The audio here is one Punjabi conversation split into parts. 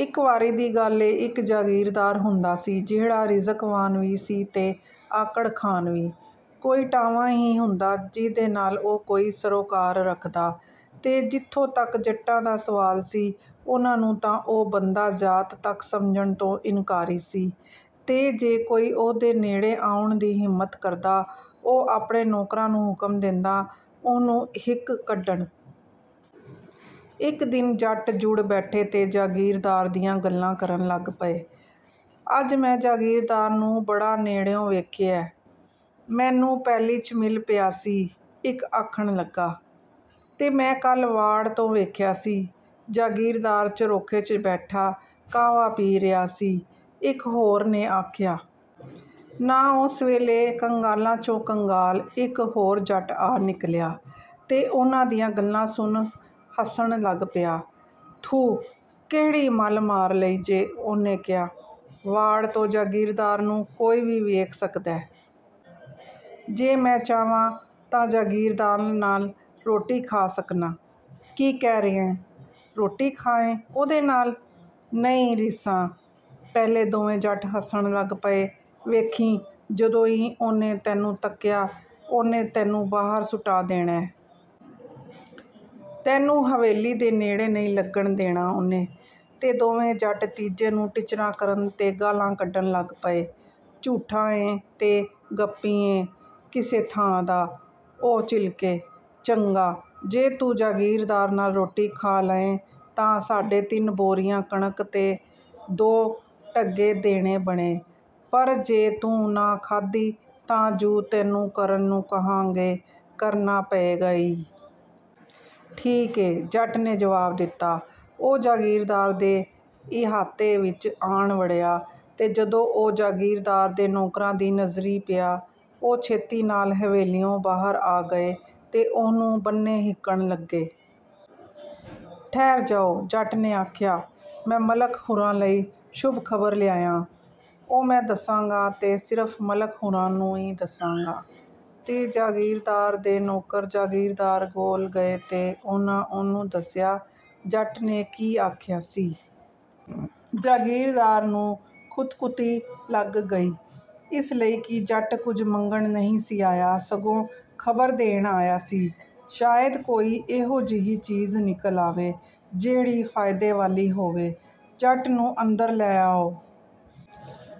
ਇੱਕ ਵਾਰੀ ਦੀ ਗੱਲ ਏ, ਇਕ ਜਾਗੀਰਦਾਰ ਹੁੰਦਾ ਸੀ, ਜਿਹੜਾ ਰਿਜ਼ਕਵਾਨ ਵੀ ਸੀ ਤੇ ਆਕੜਖਾਨ ਵੀ। ਕੋਈ ਟਾਵਾਂ ਹੀ ਹੁੰਦਾ, ਜਿਹਦੇ ਨਾਲ ਉਹ ਕੋਈ ਸਰੋਕਾਰ ਰੱਖਦਾ। ਤੇ ਜਿਥੋਂ ਤਕ ਜੱਟਾਂ ਦਾ ਸਵਾਲ ਸੀ, ਉਹਨਾਂ ਨੂੰ ਤਾਂ ਉਹ ਬੰਦਾ ਜ਼ਾਤ ਤਕ ਸਮਝਣ ਤੋਂ ਇਨਕਾਰੀ ਸੀ, ਤੇ ਜੇ ਕੋਈ ਉਹਦੇ ਨੇੜੇ ਆਉਣ ਦੀ ਹਿੰਮਤ ਕਰਦਾ, ਉਹ ਆਪਣੇ ਨੌਕਰਾਂ ਨੂੰ ਹੁਕਮ ਦੇਂਦਾ, ਉਹਨੂੰ ਹਿੱਕ ਕੱਢਣ। ਇੱਕ ਦਿਨ ਜੱਟ ਜੁੜ ਬੈਠੇ ਤੇ ਜਾਗੀਰਦਾਰ ਦੀਆਂ ਗੱਲਾਂ ਕਰਨ ਲੱਗ ਪਏ। “ਅੱਜ ਮੈਂ ਜਾਗੀਰਦਾਰ ਨੂੰ ਬੜਾ ਨੇੜਿਉਂ ਵੇਖਿਐ, ਮੈਨੂੰ ਪੈਲੀ ’ਚ ਮਿਲ ਪਿਆ ਸੀ,” ਇਕ ਆਖਣ ਲੱਗਾ। “ਤੇ ਮੈਂ ਕੱਲ੍ਹ ਵਾੜ ਤੋਂ ਵੇਖਿਆ ਸੀ, ਜਾਗੀਰਦਾਰ ਝਰੋਖੇ ’ਚ ਬੈਠਾ ਕਾਹਵਾ ਪੀ ਰਿਹਾ ਸੀ,” ਇੱਕ ਹੋਰ ਨੇ ਆਖਿਆ। ਨ ਓਸ ਵੇਲੇ, ਕੰਗਾਲਾਂ ’ਚੋਂ ਕੰਗਾਲ, ਇੱਕ ਹੋਰ ਜੱਟ ਆ ਨਿਕਲਿਆ, ਤੇ ਉਹਨਾਂ ਦੀਆਂ ਗੱਲਾਂ ਸੁਣ ਹੱਸਣ ਲੱਗ ਪਿਆ। “ਥੂਹ! ਕਿਹੜੀ ਮੱਲ ਮਾਰ ਲਈ ਜੇ,” ਉਹਨੇ ਕਿਹਾ। “ਵਾੜ ਤੋਂ ਜਾਗੀਰਦਾਰ ਨੂੰ ਕੋਈ ਵੀ ਵੇਖ ਸਕਦੈ। ਜੇ ਮੈਂ ਚਾਹਵਾਂ, ਤਾਂ ਜਾਗੀਰਦਾਰ ਨਾਲ ਰੋਟੀ ਖਾ ਸਕਨਾਂ।” “ਕੀ ਕਹਿ ਰਿਹੈਂ! ਰੋਟੀ ਖਾਏਂ ਉਹਦੇ ਨਾਲ? ਨਹੀਂ ਰੀਸਾਂ!” ਪਹਿਲੇ ਦੋਵੇਂ ਜੱਟ ਹੱਸਣ ਲੱਗ ਪਏ। “ਵੇਖੀਂ, ਜਦੋਂ ਈ ਉਹਨੇ ਤੈਨੂੰ ਤਕਿਆ, ਉਹਨੇ ਤੈਨੂੰ ਬਾਹਰ ਸੁਟਾ ਦੇਣੈ। ਤੈਨੂੰ ਹਵੇਲੀ ਦੇ ਨੇੜੇ ਨਹੀਂ ਲੱਗਣ ਦੇਣਾ ਉਹਨੇ!" ਤੇ ਦੋਵੇਂ ਜੱਟ ਤੀਜੇ ਨੂੰ ਟਿੱਚਰਾਂ ਕਰਨ ਤੇ ਗਾਲ੍ਹਾਂ ਕੱਢਣ ਲੱਗ ਪਏ। “ਝੂਠਾ ਏਂ ਤੇ ਗੱਪੀਂ ਏਂ ਕਿਸੇ ਥਾਂ ਦਾ!” ਉਹ ਚਿਲਕੇ।“ਚੰਗਾ, ਜੇ ਤੂੰ ਜਾਗੀਰਦਾਰ ਨਾਲ ਰੋਟੀ ਖਾ ਲਏਂ, ਤਾਂ ਸਾਡੇ ਤਿੰਨ ਬੋਰੀਆਂ ਕਣਕ ਤੇ ਦੋ ਢੱਗੇ ਦੇਣੇ ਬਣੇ, ਪਰ ਜੇ ਤੂੰ ਨਾ ਖਾਧੀ, ਤਾਂ ਜੁ ਤੈਨੂੰ ਕਰਨ ਨੂੰ ਕਹਾਂਗੇ, ਕਰਨਾ ਪਏਗਾ ਈ।” “ਠੀਕ ਏ,” ਜੱਟ ਨੇ ਜਵਾਬ ਦਿੱਤਾ। ਉਹ ਜਾਗੀਰਦਾਰ ਦੇ ਇਹਾਤੇ ਵਿਚ ਆਣ ਵੜਿਆ, ਤੇ ਜਦੋਂ ਉਹ ਜਾਗੀਰਦਾਰ ਦੇ ਨੌਕਰਾਂ ਦੀ ਨਜ਼ਰੀਂ ਪਿਆ, ਉਹ ਛੇਤੀ ਨਾਲ ਹਵੇਲੀਉਂ ਬਾਹਰ ਆ ਗਏ ਤੇ ਉਹਨੂੰ ਬੰਨੇ ਹਿੱਕਣ ਲੱਗੇ। “ਠਹਿਰ ਜਾਓ!” ਜੱਟ ਨੇ ਆਖਿਆ। “ਮੈਂ ਮਲਕ ਹੁਰਾਂ ਲਈ ਸ਼ੁਭ ਖ਼ਬਰ ਲਿਆਇਆਂ।” "ਉਹ ਮੈਂ ਦੱਸਾਂਗਾ ਤੇ ਸਿਰਫ਼ ਮਲਕ ਹੁਰਾਂ ਨੂੰ ਈ ਦੱਸਾਂਗਾ।” ਤੇ ਜਾਗੀਰਦਾਰ ਦੇ ਨੌਕਰ ਜਾਗੀਰਦਾਰ ਕੋਲ ਗਏ ਤੇ ਉਹਨਾਂ ਉਹਨੂੰ ਦੱਸਿਆ, ਜੱਟ ਨੇ ਕੀ ਆਖਿਆ ਸੀ। ਜਾਗੀਰਦਾਰ ਨੂੰ ਖੁਤਖੁਤੀ ਲੱਗ ਗਈ, ਇਸ ਲਈ ਕਿ ਜੱਟ ਕੁਝ ਮੰਗਣ ਨਹੀਂ ਸੀ ਆਇਆ, ਸਗੋਂ ਖ਼ਬਰ ਦੇਣ ਆਇਆ ਸੀ। ਸ਼ਾਇਦ ਕੋਈ ਇਹੋ ਜਿਹੀ ਚੀਜ਼ ਨਿਕਲ ਆਵੇ, ਜਿਹੜੀ ਫ਼ਾਇਦੇ ਵਾਲੀ ਹੋਵੇ, “ਜੱਟ ਨੂੰ ਅੰਦਰ ਲੈ ਆਓ!”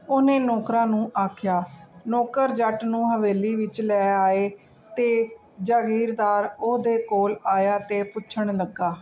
ਉਹਨੇ ਨੌਕਰਾਂ ਨੂੰ ਆਖਿਆ। ਨੌਕਰ ਜੱਟ ਨੂੰ ਹਵੇਲੀ ਵਿੱਚ ਲੈ ਆਏ, ਤੇ ਜਾਗੀਰਦਾਰ ਉਹਦੇ ਕੋਲ ਆਇਆ ਤੇ ਪੁੱਛਣ ਲੱਗਾ